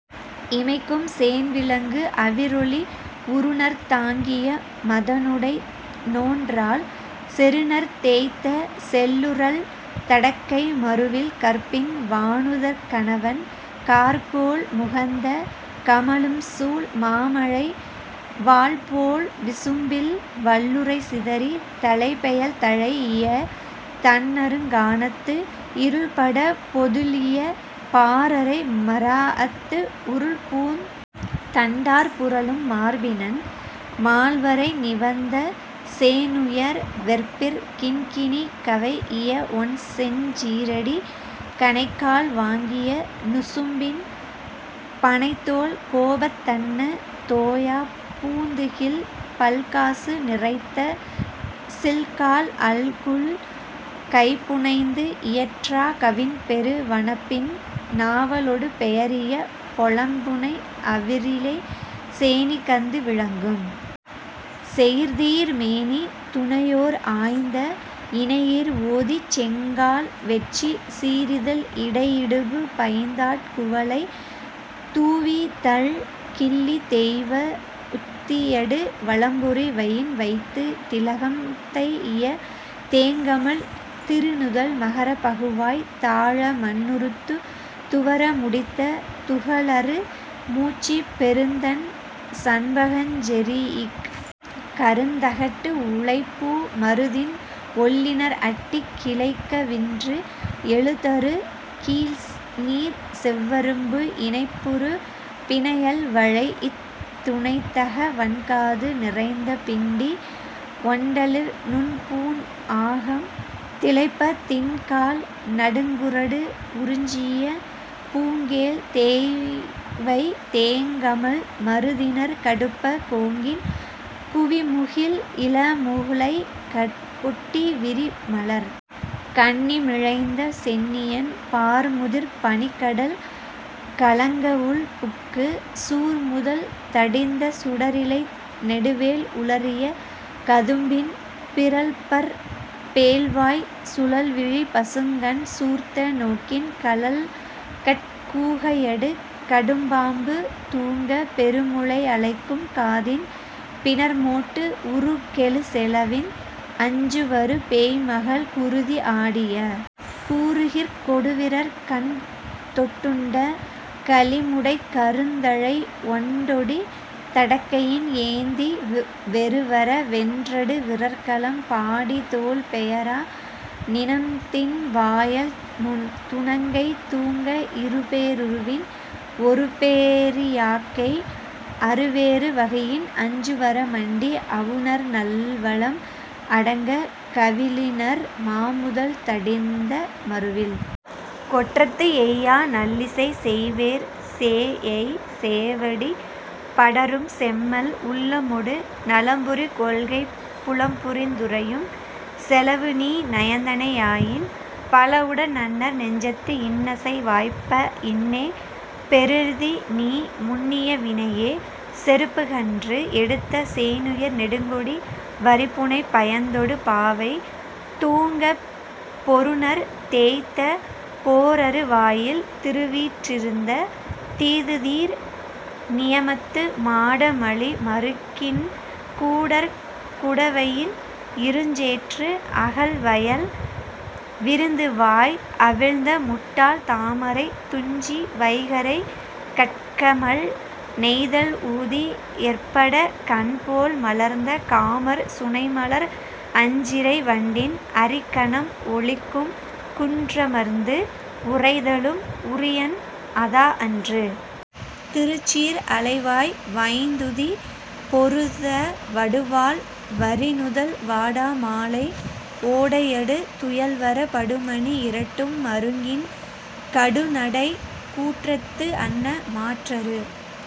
இமைக்கும் சேண்விளங்கு அவிரொளி உறுநர்த் தாங்கிய மதனுடை நோன்றாள் செறுநர்த் தேய்த்த செல்லுறழ் தடக்கை மறுவில் கற்பின் வாணுதற் கணவன் கார்கோள் முகந்த கமஞ்சூல் மாமழை வாள்போழ் விசும்பில் வள்ளுறை சிதறித் தலைப்பெயல் தலை இய தண்ணறுங் கானத்து இருள்படப் பொதுளிய பாரரை மராஅத்து உருள்பூந் தண்டார் புரளும் மார்பினன், மால்வரை நிவந்த சேணுயர் வெற்பிற் கிண்கிணி கவைஇய ஒண்செஞ் சீறடி, கணைக்கால் வாங்கிய நுசும்பின், பணைத்தோள், கோபத் தன்ன தோயாப் பூந்துகில், பல்காசு நிரைத்த சில்காழ் அல்குல், கைபுனைந்து இயற்றாக் கவின்பெறு வனப்பின், நாவலொடு பெயரிய பொலம்புனை அவிரிழை, சேணிகந்து விளங்கும் செயிர்தீர் மேனி, துணையோர் ஆய்ந்த இணையீர் ஓதிச் செங்கால் வெட்சிச் சீறிதழ் இடையிடுபு பைந்தாட் குவளைத் தூவிதழ் கிள்ளித் தெய்வ வுத்தியடு வலம்புரி வயின்வைத்துத் திலகம் தைஇய தேங்கமழ் திருநுதல் மகரப் பகுவாய் தாழமண் ணுறுத்துத் துவர முடித்த துகளறு முச்சிப் பெருந்தண் சண்பகஞ் செரீஇக் கருந்தகட்டு உளைப்பூ மருதின் ஒள்ளிணர் அட்டிக் கிளைக்கவின்று எழுதரு கீழ்நீர்ச் செவ்வரும்பு இணைப்புறு பிணையல் வளைஇத் துணைத்தக வண்காது நிறைந்த பிண்டி ஒண்டளிர் நுண்பூண் ஆகம் திளைப்பத் திண்காழ் நடுங்குறடு உரிஞ்சிய பூங்கேழ்த் தேய்வை தேங்கமழ் மருதிணர் கடுப்பக் கோங்கின் குவிமுகிழ் இளமுலைக் கொட்டி விரிமலர் கண்ணி மிலைந்த சென்னியன், பார்முதிர் பனிக்கடல் கலங்கவுள் புக்குச் சூர்முதல் தடிந்த சுடரிலை நெடுவேல் உலறிய கதும்பின் பிறழ்பற் பேழ்வாய்ச் சுழல்விழிப் பசுங்கண் சூர்த்த நோக்கின் கழல்கட் கூகையடு கடும்பாம்பு தூங்கப் பெருமுலை அலைக்கும் காதின் பிணர்மோட்டு உருகெழு செலவின் அஞ்சுவரு பேய்மகள் குருதி ஆடிய கூருகிர்க் கொடுவிரற் கண்தொட் டுண்ட கழிமுடைக் கருந்தலை ஒண்டொடித் தடக்கையின் ஏந்தி வெருவர வென்றடு விறற்களம் பாடித்தோள் பெயரா நிணம்தின் வாயள் துணங்கை தூங்க இருபே ருருவின் ஒருபே ரியாக்கை அறுவேறு வகையின் அஞ்சுவர மண்டி அவுணர் நல்வலம் அடங்கக் கவிழிணர் மாமுதல் தடிந்த மறுவில் கொற்றத்து எய்யா நல்லிசைச் செவ்வேற் சேஎய்,- சேவடி படரும் செம்மல் உள்ளமொடு நலம்புரி கொள்கைப் புலம்புரிந் துறையும் செலவுநீ நயந்தனை யாயின், பலவுடன் நன்னர் நெஞ்சத்து இன்னசை வாய்ப்ப இன்னே பெறுதிநீ முன்னிய வினையே: செருப்புகன்று எடுத்த சேணுயர் நெடுங்கொடி வரிப்புனை பயந்தொடு பாவை தூங்கப் பொருநர்த் தேய்த்த போரரு வாயில் திருவீற் றிருந்த தீதுதீர் நியமத்து மாடமலி மறுகின் கூடற் குடவயின் இருஞ்சேற்று அகல்வயல் விரிந்துவாய் அவிழ்ந்த முட்டாள் தாமரைத் துஞ்சி வைகறைக் கட்கமழ் நெய்தல் ஊதி எற்படக் கண்போல் மலர்ந்த காமர் சுனைமலர் அஞ்சிறை வண்டின் அரிக்கணம் ஒலிக்கும் குன்றமர்ந்து உறைதலும் உரியன்; அதாஅன்று,. திருச்சீர் அலைவாய் வைந்துதி பொருத வடுவாழ் வரிநுதல் வாடா மாலை ஓடையடு துயல்வரப் படுமணி இரட்டும் மருங்கின் கடுநடைக் கூற்றத்து அன்ன மாற்றரு